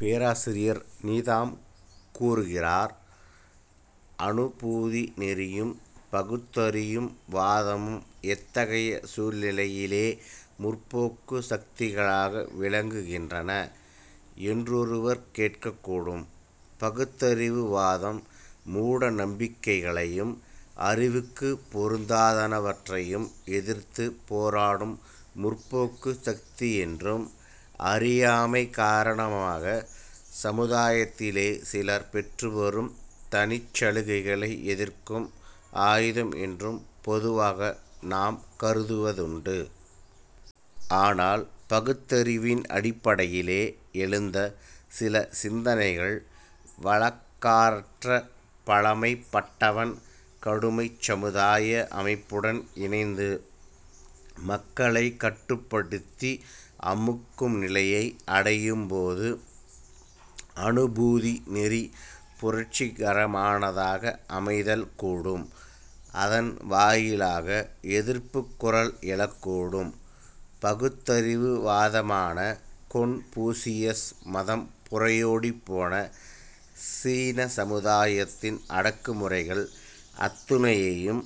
பேராசிரியர் நீதாம் கூறுகிறார்: "அநுபூதி நெறியும் பகுத்தறியும் வாதமும் எத்தகைய சூழ்நிலையிலே முற்போக்குச் சக்திகளாக விளங்குகின்றன என்றொருவர் கேட்கக்கூடும். பகுத்தறிவு வாதம் மூட நம்பிக்கைகளையும் அறிவுக்குப் பொருந்தாதனவற்றையும் எதிர்த்துப் போராடும் முற்போக்குச் சக்தியென்றும், அறியாமை காரணமாகச் சமுதாயத்திலே சிலர் பெற்றுவரும் தனிச் சலுகைகளை எதிர்க்கும் ஆயுதம் என்றும் பொதுவாக நாம் கருதுவதுண்டு. ஆனால், பகுத்தறிவின் அடிப்படையிலே எழுந்த சில சிந்தனைகள் வழக்காறற்ற பழமைப்பட்டவன் கடுமைச் சமுதாய அமைப்புடன் இணைந்து மக்களைக் கட்டுப்படுத்தி அமுக்கும் நிலையை அடையும்போது அநுபூதி நெறி புரட்சிகரமானதாக அமைதல் கூடும். அதன் வாயிலாக எதிர்ப்புக் குரல் எழக்கூடும். " பகுத்தறிவு வாதமான கொன்பூசியஸ் மதம் புரையோடிப்போன சீனச்சமுதாயத்தின் அடக்குமுறைகள் அத்தனையையும்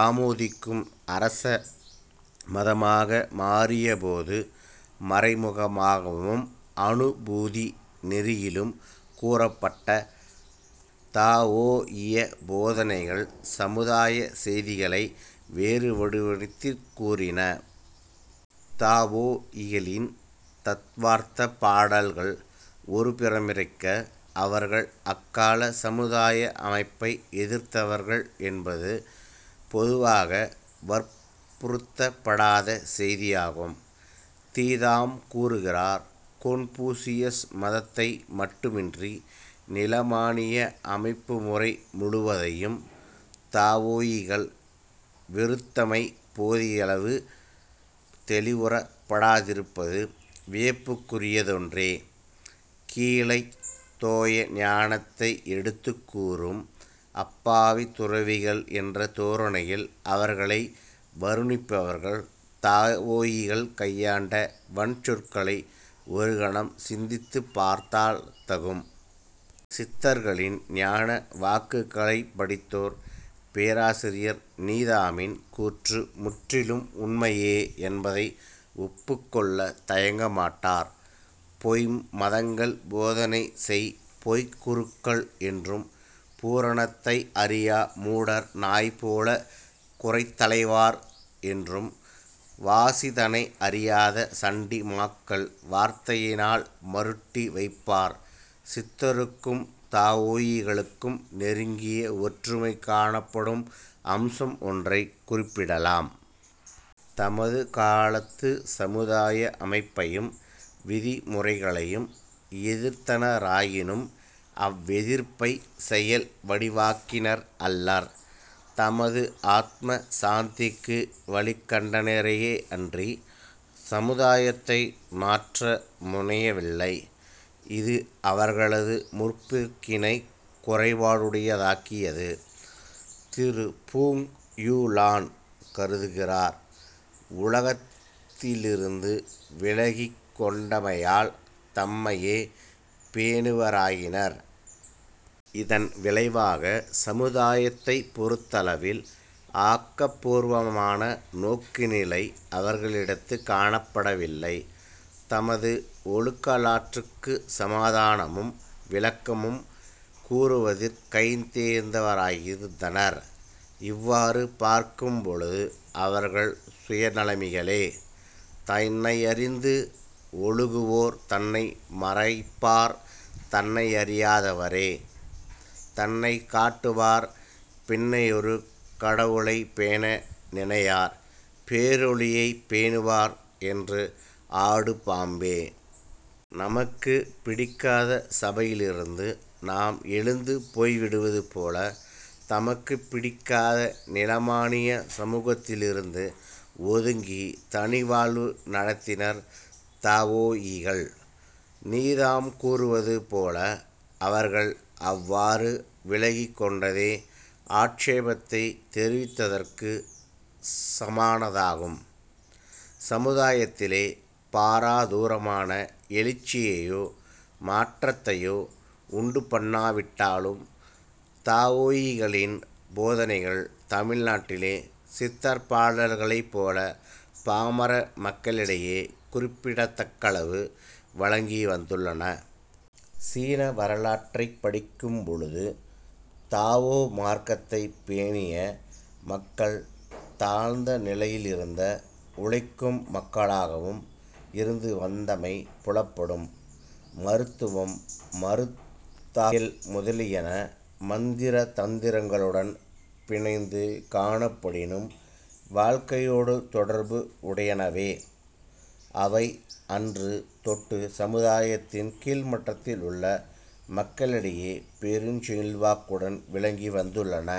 ஆமோதிக்கும் அரச மதமாக மாறியபோது, மறைமுகமாகவும் அநுபூதி நெறியிலும் கூறப்பட்ட தாவோயிய போதனைகள் சமுதாயச் செய்திகளை வேறுவடிவத்திற் கூறின. தாவோயிகளின் தத்துவார்த்தப் பாடல்கள் ஒருபுறமிருக்க, அவர்கள் அக்காலச் சமுதாய அமைப்பை எதிர்த்தவர்கள் என்பது பொதுவாக வற்புறுத்தப்படாத செய்தியாகும். நீதாம் கூறுகிறார்: "கொன்பூசியஸ் மதத்தை மட்டுமன்றி நிலமானிய அமைப்புமுறை முழுவதையும் தாவோயிகள் வெறுத்தமை போதியளவு தௌிவுறத்தப்படாதிருப்பது வியப்புக்குரியதொன்றே. 'கீழைத் தேய ஞானத்தை எடுத்துக் கூறும் அப்பாவித் துறவிகள்' என்ற தோரணையில் அவர்களை வருணிப்பவர்கள், தாவோயிகள் கையாண்ட வன்சொற்களை ஒரு கணம் சிந்தித்துப் பார்த்தல் தகும். " சித்தர்களின் ஞான வாக்குகளைப் படித்தோர் பேராசிரியர் நீதாமின் கூற்று முற்றிலும் உண்மையே என்பதை ஒப்புக்கொள்ளத் தயங்கமாட்டார். "பொய்ம் மதங்கள் போதனைசெய் பொய்க்குருக்கள்" என்றும் "பூரணத்தை அறியா மூடர் நாய்போல குரைத்தலைவார்" என்றும் "வாசிதனை அறியாத சண்டி மாக்கள் வார்த்தையினால் மருட்டி வைப்பார். " சித்தருக்கும் தாவோயிகளுக்கும் நெருங்கிய ஒற்றுமை காணப்படும் அம்சம் ஒன்றைக் குறிப்பிடலாம். தமது காலத்துச் சமுதாய அமைப்பையும் விதிமுறைகளையும் எதிர்த்தனராயினும், அவ்வெதிர்ப்பைச் செயல் வடிவாக்கினார் அல்லர். தமது ஆத்ம சாந்திக்கு வழி கண்டனரேயன்றிச் சமுதாயத்தை மாற்ற முனையவில்லை. இது அவர்ளது முற்போக்கினைக் குறைபாடுடைய தாக்கியது. திரு. ஃபுங் யூ-லான் எழுதுகிறார்: "உலகிலிருந்து விலகிக் கொண்டமையால் தம்மையே பேணுபவ ராயினர். இதன் விளைவாகச் சமுதாயத்தைப் பொறுத்தளவில் ஆக்கப்பூர்வமான நோக்குநிலை அவர்களிடத்துக் காணப்படவில்லை. தமது ஒழுக்கலாற்றுக்குச் சமாதானமும் விளக்கமும் கூறுவதிற் கைதேர்ந்தவராயிருந்தனர். இவ்வாறு பார்க்கும்பொழுது அவர்கள் சுயநலமிகளே. " "தன்னையறிந்து ஒழுகுவோர் தன்னை மறைப்பார் தன்னையறி யாதவரே தன்னைக் காட்டுவார் பின்னையொரு கடவுளைப் பேண நினையார் பேரொளியைப் பேணுவார் என்று ஆடு பாம்பே! " நமக்குப் பிடிக்காத சபையிலிருந்து நாம் எழுந்து போய்விடுவது போல, தமக்குப் பிடிக்காத நிலமானியச் சமூகத்திலிருந்து ஒதுங்கித் தனிவாழ்வு நடத்தினர் தாவோயிகள். நீதாம் கூறுவது போல, "அவர்கள் அவ்வாறு விலகிக் கொண்டதே ஆட்சேபத்தைத் தெரிவித்ததற்குச் சமானமாகும். " சமுதாயத்திலே பாரதூரமான எழுச்சியையோ மாற்றத்தையோ உண்டுபண்ணாவிட்டாலும், தாவோயிகளின் போதனைகள் தமிழ் நாட்டிலே சித்தர் பாடல்களைப் போல பாமர மக்களிடையே குறிப்பிடத்தக்களவு வழங்கி வந்துள்ளன. சீன வரலாற்றைப் படிக்கும் பொழுது, தாவோ மார்க்கத்தைப் பேணிய மக்கள் தாழ்ந்த நிலையிலிருந்த உழைக்கும் மக்களாகவும் இருந்து வந்தமை புலப்படும். மருத்துவம், மருந்தாக்க இயல் முதலியன மந்திர தந்திரங்களுடன் பிணைந்து காணப்படினும், வாழ்க்கையோடு தொடர்பு உடையனவே. அவை அன்று தொட்டுச் சமுதாயத்தின் கீழ்மட்டத்தில் உள்ள மக்களிடையே பெருஞ் செல்வாக்குடன் விளங்கி வந்துள்ளன.